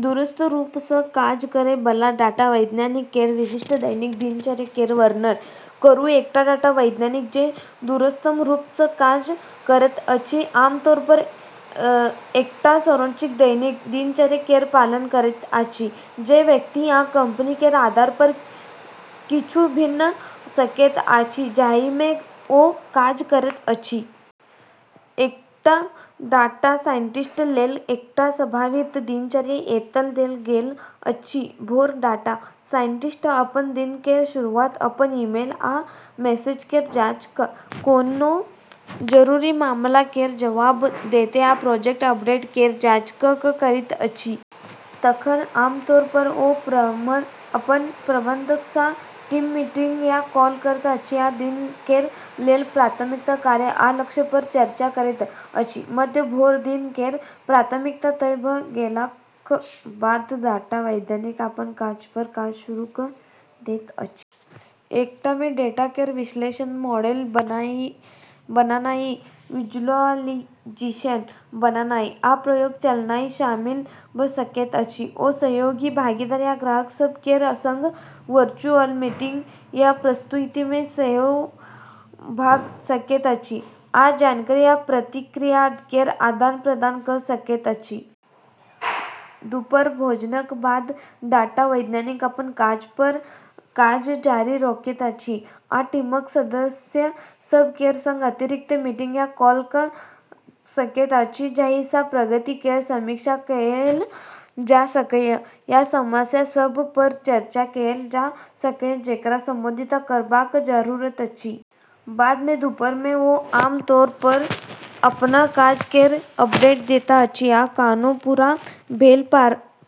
दूरस्थ रूप सँ काज करै बला डाटा वैज्ञानिक केर विशिष्ट दैनिक दिनचर्या केर वर्णन करू। एकटा डाटा वैज्ञानिक जे दूरस्थ रूप सँ काज करैत अछि, आमतौर पर एकटा संरचित दैनिक दिनचर्या केर पालन करैत अछि, जे व्यक्ति आ कंपनी केर आधार पर किछु भिन्न भऽ सकैत अछि, जाहि मे ओ काज करैत अछि। एकटा डाटा साइंटिस्ट लेल एकटा सम्भावित दिनचर्या एतय देल गेल अछि: भोर: डाटा साइंटिस्ट अपन दिन केर शुरुआत अपन ईमेल आ मैसेज केर जांच कऽ, कोनो जरूरी मामला केर जवाब दैत आ प्रोजेक्ट अपडेट केर जांच कऽ कऽ करैत अछि। तखन, आमतौर पर ओ अपन प्रबंधक सँ टीम मीटिंग या कॉल करैत अछि आ दिन केर लेल प्राथमिकता, कार्य आ लक्ष्य पर चर्चा करैत अछि। मध्य भोर: दिन केर प्राथमिकता तय भऽ गेलाक बाद डाटा वैज्ञानिक अपन काज पर काज शुरू कऽ दैत अछि। एकरा मे डाटा केर विश्लेषण, मॉडल बनानाइ, विजुअलाइजेशन बनानाइ, आ प्रयोग चलानाइ शामिल भऽ सकैत अछि। ओ सहयोगी, भागीदार या ग्राहक सभ केर संग वर्चुअल मीटिंग या प्रस्तुति मे सेहो भाग लऽ सकैत अछि आ जानकारी आ प्रतिक्रिया केर आदान-प्रदान कऽ सकैत अछि। दुपहर: भोजनक बाद डाटा वैज्ञानिक अपन काज पर काज जारी राखैत अछि, आ टीमक सदस्य सभ केर संग अतिरिक्त मीटिंग या कॉल कऽ सकैत अछि जाहि सँ प्रगति केर समीक्षा कएल जा सकय या समस्या सभ पर चर्चा कएल जा सकय जेकरा संबोधित करबाक जरूरत अछि। बाद मे दुपहर मे ओ आम तौर पर अपन काज केर अपडेट दैत अछि आ कोनो पूरा भेल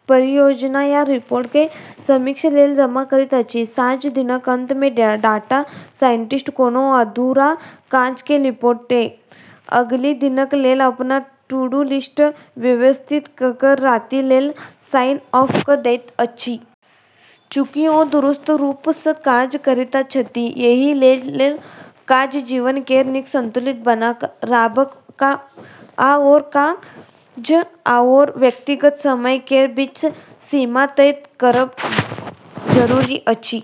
परियोजना या रिपोर्ट केँ समीक्षा लेल जमा करैत अछि। साँझ: दिनक अंत मे डाटा साइंटिस्ट कोनो अधूरा काज केँ लपेटि कऽ अगिला दिनक लेल अपन टू-डू लिस्ट व्यवस्थित कऽ कऽ राति लेल साइन ऑफ कऽ दैत अछि। चूँकि ओ दूरस्थ रूप सँ काज करैत छथि, एहि लेल काज-जीवन केर नीक संतुलन बना कऽ राखब आओर काज आओर व्यक्तिगत समय केर बीच सीमा तय करब जरूरी अछि।